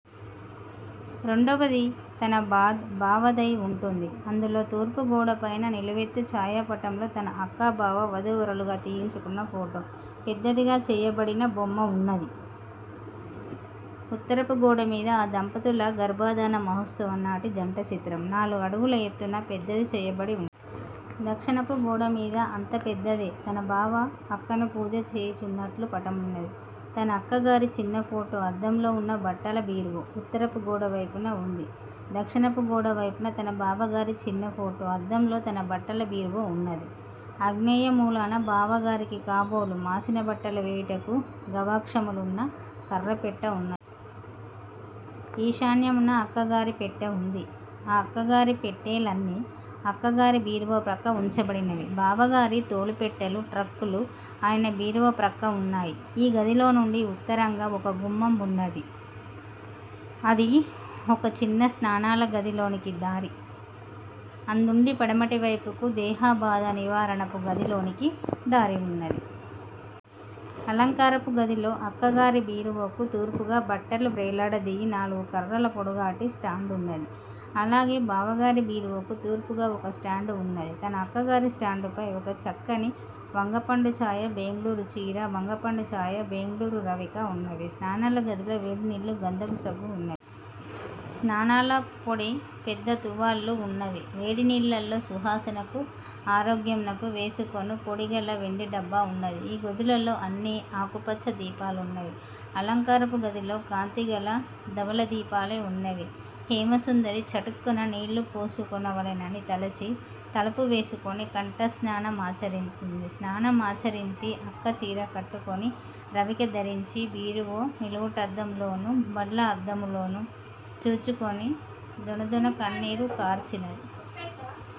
రెండవది తనబావదై ఉంటుంది. అందులో తూర్పు గోడపైన నిలువెత్తు ఛాయాపటంలో తన అక్కా, బావా వధూవరులుగా తీయించుకున్న ఫోటో పెద్దదిగా చేయబడిన బొమ్మ వున్నది. ఉత్తరపు గోడమీద ఆ దంపతుల గర్భాదాన మహోత్సవము నాటి జంట చిత్రము, నాలుగు అడుగుల ఎత్తున పెద్దది చేయబడి వున్నది. దక్షిణపు గోడమీద అంత పెద్దదే తనబావ అక్కను పూజ చేయుచున్నట్లున్న పటమున్నది. తన అక్క్గగారి చిన్నఫోటో అద్దములోవున్న బట్టల బీరువా ఉత్తరపు గోడవైపున వుంది. దక్షిణపు గోడవైపున తన బావగారి చిన్న ఫోటో అద్దములో ఉన్న బట్టల బీరువా ఉన్నది. ఆగ్నేయమూలను బావగారికి కాబోలు మాసినబట్టలు వేయుటకు గవాక్షములున్న కఱ్ఱ పెట్టె ఉన్నది. ఈశాన్యమున అక్కగారి పెట్టె ఉంది. అక్కగారి పెట్టేలన్నీ అక్కగారి బీరువాప్రక్క ఉంచబడినవి. బావగారి తోలుపెట్టెలూ, ట్రంకులూ ఆయన బీరువాప్రక్క ఉన్నాయి. ఈ గదిలోనుండి ఉత్తరంగా ఒక గుమ్మం ఉన్నది. అది ఒక చిన్న స్నానాలగదిలోనికి దారి. అందుండి పడమటివైపుకు దేహబాధా నివారణపు గదిలోనికి దారి ఉన్నది. అలంకారపు గదిలో అక్కగారి బీరువాకు తూర్పుగా బట్టలు వ్రేలాడదీయు నాలుగు కఱ్ఱల పొడుగాటి స్టాండున్నది. అలాగే బావగారి బీరువాకు తూర్పుగా ఒక స్టాండు ఉన్నది. తన అక్కగారి స్టాండుపై ఒక చక్కని వంగపండు చాయ బెంగుళూరు చీరా, వంగపండు చాయ బెంగుళూరు రవికా ఉన్నవి. స్నానాలగదిలో వేడినీళ్ళూ, గంధపు సబ్బూ వున్నవి. స్నానాల పొడీ పెద్ద తువాళ్ళూ వున్నవి. వేడినీళ్ళలో సువాసనకూ ఆరోగ్యమునకూ వేసుకొను పొడిగల వెండి డబ్బా వుంది. ఈ గదులలో అన్నీ ఆకుపచ్చ దీపాలున్నవి. అలంకారపు గదిలో కాంతిగల ధవళదీపాలే వున్నవి. హేమసుందరి చటుక్కున నీళ్ళుపోసుకొనవలెనని తలచి, తలుపు వేసుకొని, కంఠస్నాన మాచరించినది. స్నానమాచరించి, అక్క చీరకట్టుకొని, రవిక ధరించి బీరువా నిలువటద్దములోనూ, బల్ల అద్దములోను చూచికొని, దొనదొన కన్నీరు కార్చినది.